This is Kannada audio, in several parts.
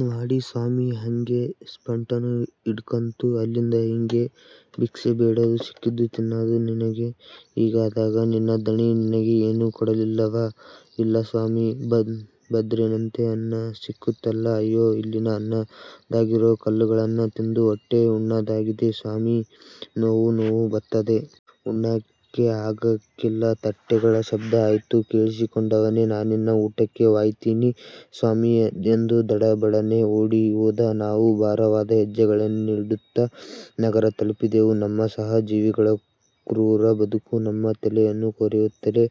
ನ್ವಾಡಿ ಸಾಮಿ, ಅಂಗೆ ಸ್ವಂಟನೂ ಇಡ್ಕಂತು. ಅಲ್ಲಿಂದ ಹಿಂಗೇ ಬಿಕ್ಸೆ ಬೇಡಾದು, ಸಿಕ್ಕಿದ್ದು ತಿನ್ನಾದು. -ನಿನಗೆ ಹೀಗಾದಾಗ ನಿನ್ನ ಧಣಿ ನಿನಗೆ ಏನೂ ಕೊಡಲಿಲ್ಲವಾ? ಇಲ್ಲ, ಸಾಮಿ – ಬಂದ್ರೇನಂತೆ ಅನ್ನ ಸಿಕ್ಕುತ್ತಲ್ಲಾ? ಅಯ್ಯೋ, ಇಲ್ಲಿನ ಅನ್ನದಾಗಿರೋ ಕಲ್ಗಳ್ನ ತಿಂದು ವಟ್ಟೆ ಉಣ್ಣಾಗಿದೆ, ಸಾಮಿ, ನೋವು ನೋವು ಬತ್ತಾದೆ. ಉಣ್ಣಾಕೆ ಆಗಾಕಿಲ್ಲ. ತಟ್ಟೆಗಳ ಶಬ್ದ ಆಯ್ತು. ಕೇಳಿಸಿಕೊಂಡವನೆ ನಾನಿನ್ನ ಊಟಕ್ಕೆ ವಾಯ್ತಿನಿ ಸಾಮಿ ಎಂದು ದಡಬಡನೆ ಓಡಿಹೋದ. ನಾವು ಭಾರವಾದ ಹೆಜ್ಜೆಗಳನ್ನಿಡುತ್ತಾ ನಗರ ತಲಪಿದೆವು. ನಮ್ಮ ಸಹ ಜೀವಿಗಳ ಕ್ರೂರ ಬದುಕು ನಮ್ಮ ತಲೆಯನ್ನು ಕೊರೆಯುತ್ತಲೇ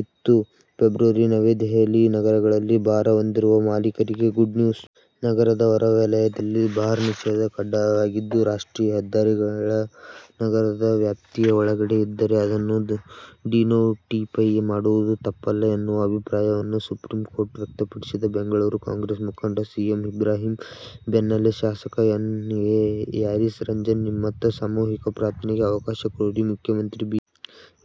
ಇತ್ತು. ಫೆಬ್ರವರಿ ನವದೆಹಲಿ: ನಗರಗಳಲ್ಲಿ ಬಾರ್ ಹೊಂದಿರುವ ಮಾಲೀಕರಿಗೆ ಗುಡ್ನ್ಯೂಸ್. ನಗರದ ಹೊರವಲಯದಲ್ಲಿ ಬಾರ್ ನಿಷೇಧ ಕಡ್ಡಾಯವಾಗಿದ್ದು, ರಾಷ್ಟ್ರೀಯ ಹೆದ್ದಾರಿಗಳು ನಗರದ ವ್ಯಾಪ್ತಿಯ ಒಳಗಡೆ ಇದ್ದರೆ ಅದನ್ನು ಡಿನೋಟಿಫೈ ಮಾಡುವುದು ತಪ್ಪಲ್ಲ ಎನ್ನುವ ಅಭಿಪ್ರಾಯವನ್ನು ಸುಪ್ರೀಂ ಕೋರ್ಟ್ ವ್ಯಕ್ತಪಡಿಸಿದೆ. ಬೆಂಗಳೂರು: ಕಾಂಗ್ರೆಸ್ ಮುಖಂಡ ಸಿಎಂ ಇಬ್ರಾಹಿಂ ಬೆನ್ನಲ್ಲೇ ಶಾಸಕ ಎನ್. ಎ. ಹ್ಯಾರಿಸ್ ರಂಜಾನ್ ನಿಮಿತ್ತ ಸಾಮೂಹಿಕ ಪ್ರಾರ್ಥನೆಗೆ ಅವಕಾಶ ಕೋರಿ ಮುಖ್ಯಮಂತ್ರಿ ಬಿ.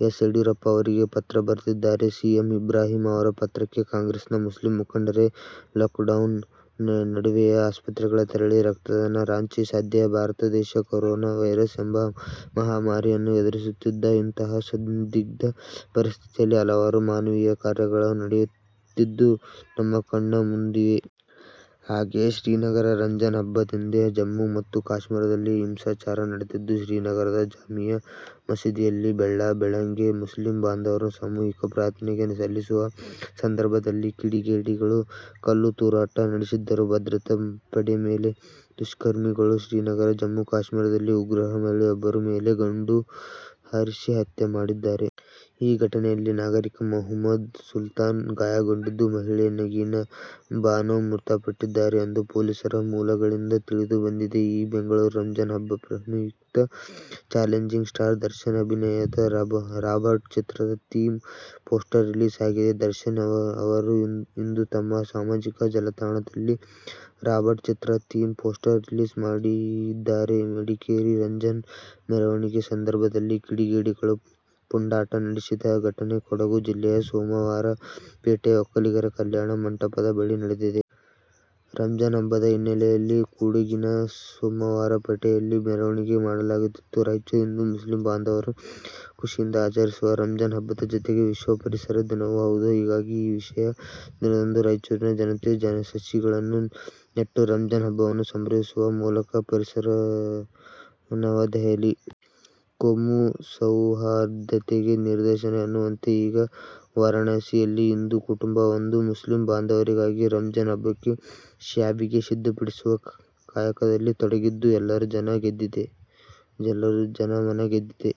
ಎಸ್. ಯಡಿಯೂರಪ್ಪ ಅವರಿಗೆ ಪತ್ರ ಬರೆದಿದ್ದಾರೆ. ಸಿಎಂ ಇಬ್ರಾಹಿಂ ಅವರ ಪತ್ರಕ್ಕೆ ಕಾಂಗ್ರೆಸ್ನ ಮುಸ್ಲಿಂ ಮುಖಂಡರೇ– ಲಾಕ್ಡೌನ್ ನಡ್ವೆಯೇ ಆಸ್ಪತ್ರೆಗೆ ತೆರಳಿ ರಕ್ತದಾನ ರಾಂಚಿ: ಸದ್ಯ ಭಾರತ ದೇಶ ಕೊರೊನಾ ವೈರಸ್ ಎಂಬ ಮಹಾಮಾರಿಯನ್ನು ಎದುರಿಸುತ್ತಿದ್ದು, ಇಂತಹ ಸಂದಿಗ್ಧ ಪರಿಸ್ಥಿತಿಯಲ್ಲಿ ಹಲವಾರು ಮಾನವೀಯ ಕಾರ್ಯಗಳು ನಡೆಯುತ್ತಿದ್ದು, ನಮ್ಮ ಕಣ್ಣ ಮುಂದಿವೆ. ಹಾಗೆಯೇ ಶ್ರೀನಗರ: ರಂಜಾನ್ ಹಬ್ಬದಂದೇ ಜಮ್ಮು ಮತ್ತು ಕಾಶ್ಮೀರದಲ್ಲಿ ಹಿಂಸಾಚಾರ ನಡೆದಿದ್ದು, ಶ್ರೀನಗರದ ಜಾಮಿಯಾ ಮಸೀದಿಯಲ್ಲಿ ಬೆಳ್ಳಂಬೆಳಗ್ಗೆ ಮುಸ್ಲಿಂ ಬಾಂಧವರು ಸಾಮೂಹಿಕ ಪ್ರಾರ್ಥನೆ ಸಲ್ಲಿಸುವ ಸಂದರ್ಭದಲ್ಲಿ ಕಿಡಿಗೇಡಿಗಳು ಕಲ್ಲು ತೂರಾಟ ನಡೆಸಿದ್ದಾರೆ. ಭದ್ರತಾ ಪಡೆ ಮೇಲೆ ದುಷ್ಕರ್ಮಿಗಳುಶ್ರೀನಗರ: ಜಮ್ಮು- ಕಾಶ್ಮೀರದಲ್ಲಿ ಉಗ್ರರು ಮಹಿಳೆಯೊಬ್ಬರ ಮೇಲೆ ಗುಂಡು ಹಾರಿಸಿ ಹತ್ಯೆ ಮಾಡಿದ್ದಾರೆ. ಈ ಘಟನೆಯಲ್ಲಿ ನಾಗರಿಕ ಮೊಹಮ್ಮದ್ ಸುಲ್ತಾನ್ ಗಾಯಗೊಂಡಿದ್ದು, ಮಹಿಳೆ ನಗೀನಾ ಬಾನೋ ಮೃತಪಟ್ಟಿದ್ದಾರೆ ಎಂದು ಪೊಲೀಸರ ಮೂಲಗಳಿಂದ ತಿಳಿದು ಬಂದಿದೆ. ಈಬೆಂಗಳೂರು: ರಂಜಾನ್ ಹಬ್ಬದ ಪ್ರಯುಕ್ತ ಚಾಲೆಂಜಿಂಗ್ ಸ್ಟಾರ್ ದರ್ಶನ್ ಅಭಿನಯದ 'ರಾಬರ್ಟ್' ಚಿತ್ರದ ಥೀಮ್ ಪೋಸ್ಟರ್ ರಿಲೀಸ್ ಆಗಿದೆ. ದರ್ಶನ್ ಅವರು ಇಂದು ತಮ್ಮ ಸಾಮಾಜಿಕ ಜಾಲತಾಣದಲ್ಲಿ ರಾಬರ್ಟ್ ಚಿತ್ರ ಥೀಮ್ ಪೋಸ್ಟರ್ ರಿಲೀಸ್ ಮಾಡಿದ್ದಾರೆಮಡಿಕೇರಿ: ರಂಜಾನ್ ಮೆರವಣಿಗೆ ಸಂದರ್ಭದಲ್ಲಿ ಕಿಡಿಗೇಡಿಗಳು ಪುಂಡಾಟ ನಡೆಸಿದ ಘಟನೆ ಕೊಡಗು ಜಿಲ್ಲೆಯ ಸೋಮವಾರಪೇಟೆಯ ಒಕ್ಕಲಿಗರ ಕಲ್ಯಾಣ ಮಂಟಪದ ಬಳಿ ನಡೆದಿದೆ. ರಂಜಾನ್ ಹಬ್ಬದ ಹಿನ್ನೆಲೆಯಲ್ಲಿ ಕೊಡಗಿನ ಸೋಮವಾರಪೇಟೆಯಲ್ಲಿ ಮೆರವಣಿಗೆ ಮಾಡಲಾಗುತಿತ್ತು. ರಾಯಚೂರು: ಇಂದು ಮುಸ್ಲಿಂ ಬಾಂಧವರು ಖುಷಿಯಿಂದ ಆಚರಿಸುವ ರಂಜಾನ್ ಹಬ್ಬದ ಜೊತೆಗೆ ವಿಶ್ವ ಪರಿಸರ ದಿನವೂ ಹೌದು. ಹೀಗಾಗಿ ಈ ವಿಶೇಷ ದಿನದಂದು ರಾಯಚೂರಿನ ಜನತೆ ಸಸಿಗಳನ್ನು ನೆಟ್ಟು ರಂಜಾನ್ ಹಬ್ಬವನ್ನು ಸಂಭ್ರಮಿಸುವ ಮೂಲಕ ಪರಿಸರನವದೆಹಲಿ: ಕೋಮು ಸೌಹಾರ್ದತೆಗೆ ನಿದರ್ಶನ ಎನ್ನುವಂತೆ ಈಗ ವಾರಣಾಸಿಯಲ್ಲಿ ಹಿಂದೂ ಕುಟುಂಬವೊಂದು ಮುಸ್ಲಿಂ ಬಾಂಧವರಿಗಾಗಿ ರಂಜಾನ್ ಹಬ್ಬಕ್ಕೆ ಶ್ಯಾವಿಗೆ ಸಿದ್ಧಪಡಿಸುವ ಕಾಯಕದಲ್ಲಿ ತೊಡಗಿದ್ದು ಎಲ್ಲರ ಮನ ಗೆದ್ದಿದೆ